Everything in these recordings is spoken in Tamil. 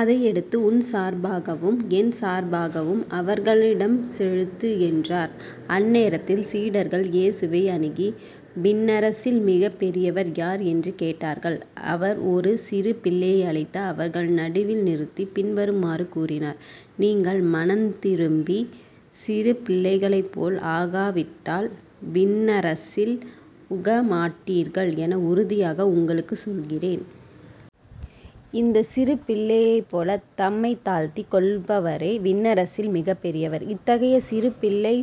அதை எடுத்து உன் சார்பாகவும் என் சார்பாகவும் அவர்களிடம் செலுத்து என்றார். அந்நேரத்தில் சீடர்கள் இயேசுவை அணுகி விண்ணரசில் மிகப் பெரியவர் யார்? என்று கேட்டார்கள். அவர் ஒரு சிறு பிள்ளையை அழைத்து அவர்கள் நடுவில் நிறுத்தி பின்வருமாறு கூறினார் நீங்கள் மனந்திரும்பிச் சிறு பிள்ளைகளைப்போல் ஆகாவிட்டால் விண்ணரசில் புகமாட்டீர்கள் என உறுதியாக உங்களுக்குச் சொல்கிறேன். இந்தச் சிறு பிள்ளையைப்போலத் தம்மைத் தாழ்த்திக் கொள்பவரே விண்ணரசில் மிகப் பெரியவர். இத்தகைய சிறு பிள்ளை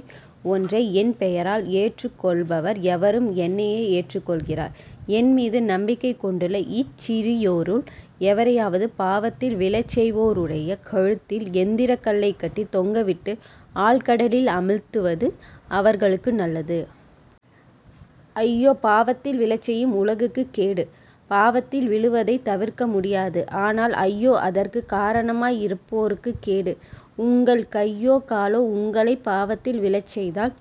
ஒன்றை என் பெயரால் ஏற்றுக்கொள்பவர் எவரும் என்னையே ஏற்றுக்கொள்கிறார். என்மீது நம்பிக்கை கொண்டுள்ள இச்சிறியோருள் எவரையாவது பாவத்தில் விழச்செய்வோருடைய கழுத்தில் எந்திரக் கல்லைக் கட்டித் தொங்கவிட்டு ஆழ்கடலில் அமிழ்த்துவது அவர்களுக்கு நல்லது. ஐயோ. பாவத்தில் விழச்செய்யும் உலகுக்குக் கேடு. பாவத்தில் விழுவதைத் தவிர்க்க முடியாது. ஆனால் ஐயோ. அதற்குக் காரணமாய் இருப்போருக்குக் கேடு. உங்கள் கையோ காலோ உங்களைப் பாவத்தில் விழச்செய்தால்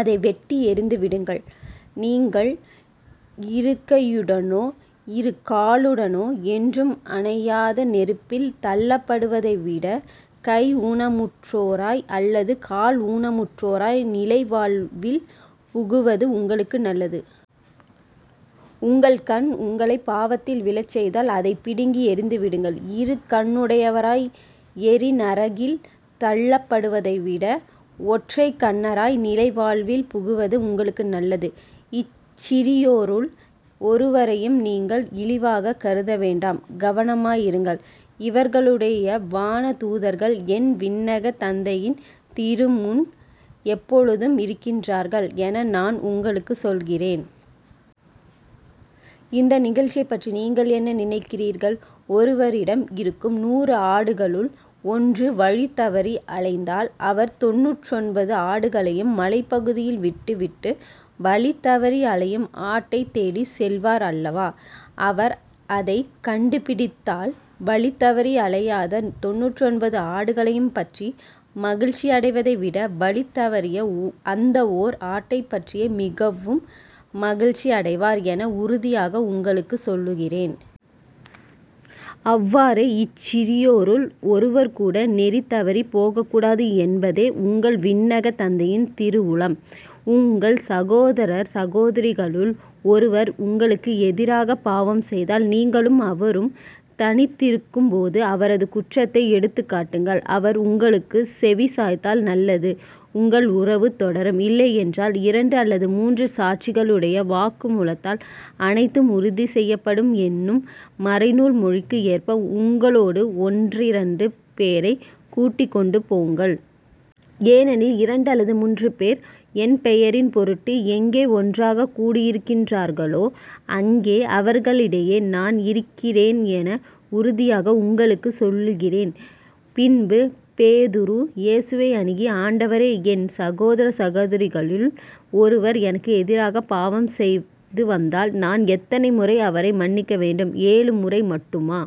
அதை வெட்டி எறிந்துவிடுங்கள். நீங்கள் இருகையுடனோ இரு காலுடனோ என்றும் அணையாத நெருப்பில் தள்ளப்படுவதைவிடக் கை ஊனமுற்றோராய் அல்லது கால் ஊனமுற்றோராய் நிலை வாழ்வில் புகுவது உங்களுக்கு நல்லது. உங்கள் கண் உங்களைப் பாவத்தில் விழச்செய்தால் அதைப் பிடுங்கி எறிந்துவிடுங்கள். இரு கண்ணுடையவராய் எரிநரகில் தள்ளப்படுவதைவிட ஒற்றைக்கண்ணராய் நிலை வாழ்வில் புகுவது உங்களுக்கு நல்லது. இச்சிறியோருள் ஒருவரையும் நீங்கள் இழிவாகக் கருதவேண்டாம் கவனமாயிருங்கள். இவர்களுடைய வானதூதர்கள் என் விண்ணகத் தந்தையின் திருமுன் எப்பொழுதும் இருக்கின்றார்கள் என நான் உங்களுக்குச் சொல்லுகிறேன். இந்த நிகழ்ச்சியைப்பற்றி நீங்கள் என்ன நினைக்கிறீர்கள்? ஒருவரிடம் இருக்கும் நூறு ஆடுகளுள் ஒன்று வழி தவறி அலைந்தால் அவர் தொண்ணூற்றொன்பது ஆடுகளையும் மலைப்பகுதியில் விட்டுவிட்டு வழிதவறி அலையும் ஆட்டைத் தேடிச் செல்வார் அல்லவா? அவர் அதைக் கண்டுபிடித்தால் வழிதவறி அலையாத தொண்ணூற்றொன்பது ஆடுகளையும் பற்றி மகிழ்ச்சியடைவதைவிட வழி தவறிய ஒர் அந்த ஓர் ஆட்டைப்பற்றியே மிகவும் மகிழ்ச்சியடைவார் என உறுதியாக உங்களுக்குச் சொல்லுகிறேன். அவ்வாறே இச்சிறியோருள் ஒருவர்கூட நெறி தவறிப் போகக்கூடாது என்பதே உங்கள் விண்ணகத் தந்தையின் திருவுளம். உங்கள் சகோதரர் சகோதரிகளுள் ஒருவர் உங்களுக்கு எதிராகப் பாவம் செய்தால் நீங்களும் அவரும் தனித்திருக்கும்போது அவரது குற்றத்தை எடுத்துக்காட்டுங்கள். அவர் உங்களுக்குச் செவிசாய்த்தால் நல்லது உங்கள் உறவு தொடரும். இல்லையென்றால் இரண்டு அல்லது மூன்று சாட்சிகளுடைய வாக்குமூலத்தால் அனைத்தும் உறுதி செய்யப்படும் என்னும் மறைநூல் மொழிக்கு ஏற்ப உங்களோடு ஒன்றிரண்டு பேரைக் கூட்டிக் கொண்டு போங்கள். ஏனெனில் இரண்டு அல்லது முன்று பேர் என் பெயரின் பொருட்டு எங்கே ஒன்றாகக் கூடியிருக்கின்றார்களோ அங்கே அவர்களிடையே நான் இருக்கிறேன் என உறுதியாக உங்களுக்கு சொல்கிறேன். பின்பு பேதுரு இயேசுவை அணுகி ஆண்டவரே என் சகோதரர் சகோதரிகளுள் ஒருவர் எனக்கு எதிராகப் பாவம் செய்துவந்தால் நான் எத்தனை முறை அவரை மன்னிக்க வேண்டும்? ஏழு முறை மட்டுமா?